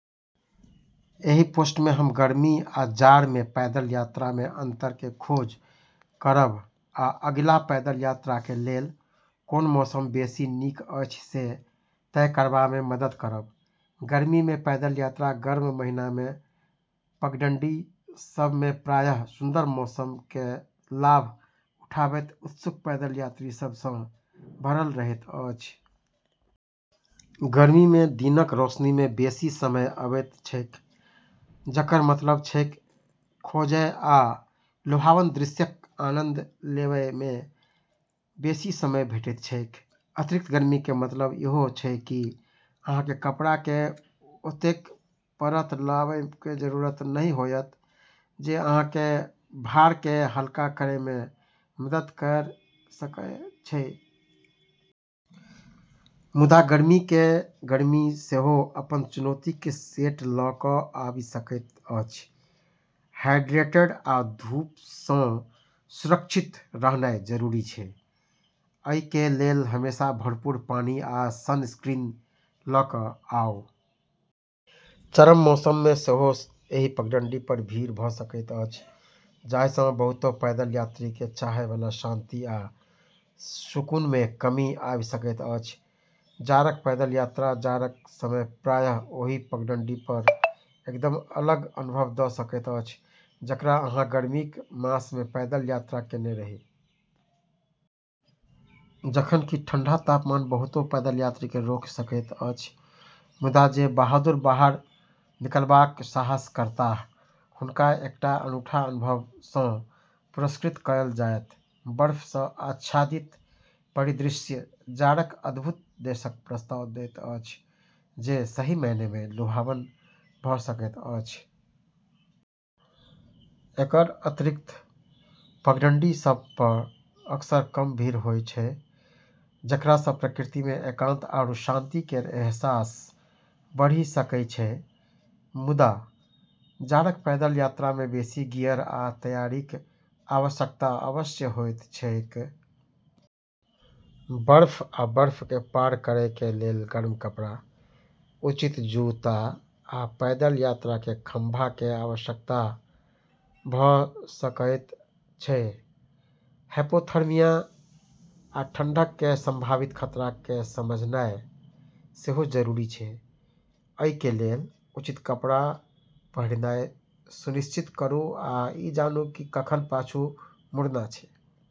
एहि पोस्ट में हम गर्मी आ जाड़ में पैदल यात्रा में अंतर के खोज करब आ अगिला पैदल यात्रा के लेल कोन मौसम बेसी नीक अछि से तय करबा में मदद करब। गर्मी में पैदल यात्रा गर्म महीना में, पगडंडी सब में प्रायः सुन्दर मौसम के लाभ उठाबैत उत्सुक पैदल यात्री सब सं भरल रहैत अछि। गर्मी में दिनक रोशनी में बेसी समय अबैत छैक, जकर मतलब छैक, खोजय आ लुभावन दृश्यक आनंद लेबय में बेसी समय भेटैत छैक। अतिरिक्त गर्मी कें मतलब इहो छै कि अहां कें कपड़ा कें ओतेक परत लावय कें जरूरत नहि होयत, जे अहां कें भार कें हल्का करय मे मदद कयर सकय छै। मुदा गर्मी के गर्मी सेहो अपन चुनौती के सेट ल क आबि सकैत अछि। हाइड्रेटेड आ धूप सं सुरक्षित रहनाय जरूरी छै, अइ कें लेल हमेशा भरपूर पानी आ सनस्क्रीन ल क आऊं। चरम मौसम में सेहो एहि पगडंडी पर भीड़ भ सकैत अछि, जाहि सं बहुतो पैदल यात्री के चाहय वाला शांति आ सुकून में कमी आबि सकैत अछि। जाड़क पैदल यात्रा जाड़क समय प्रायः ओही पगडंडी पर एकदम अलग अनुभव द सकैत अछि जकरा अहाँ गर्मीक मास में पैदल यात्रा केने रही। जखन कि ठंडा तापमान बहुतो पैदल यात्री के रोकि सकैत अछि, मुदा जे बहादुर बाहर निकलबाक साहस करताह हुनका एकटा अनूठा अनुभव सं पुरस्कृत कयल जायत। बर्फ सं आच्छादित परिदृश्य जाड़क अद्भुत देशक प्रस्ताव दैत अछि जे सही मायने में लुभावन भ सकैत अछि। एकर अतिरिक्त, पगडंडी सब प अक्सर कम भीड़ होय छै, जेकरा स प्रकृति मे एकांत आरू शांति केर एहसास बढ़ी सकै छै। मुदा, जाड़क पैदल यात्रामें बेसी गियर आ तैयारीक आवश्यकता अवश्य होइत छैक। बर्फ आ बर्फ कें पार करय कें लेल गर्म कपड़ा, उचित जूता, आ पैदल यात्रा कें खंभा कें आवश्यकता भ सकएयत छै। हाइपोथर्मिया आ ठंढक कें संभावित खतरा कें समझनाय सेहो जरूरी छै, अइ कें लेल उचित कपड़ा पहिरनाय सुनिश्चित करूं आ इ जानूं कि कखन पाछू मुड़ना छै।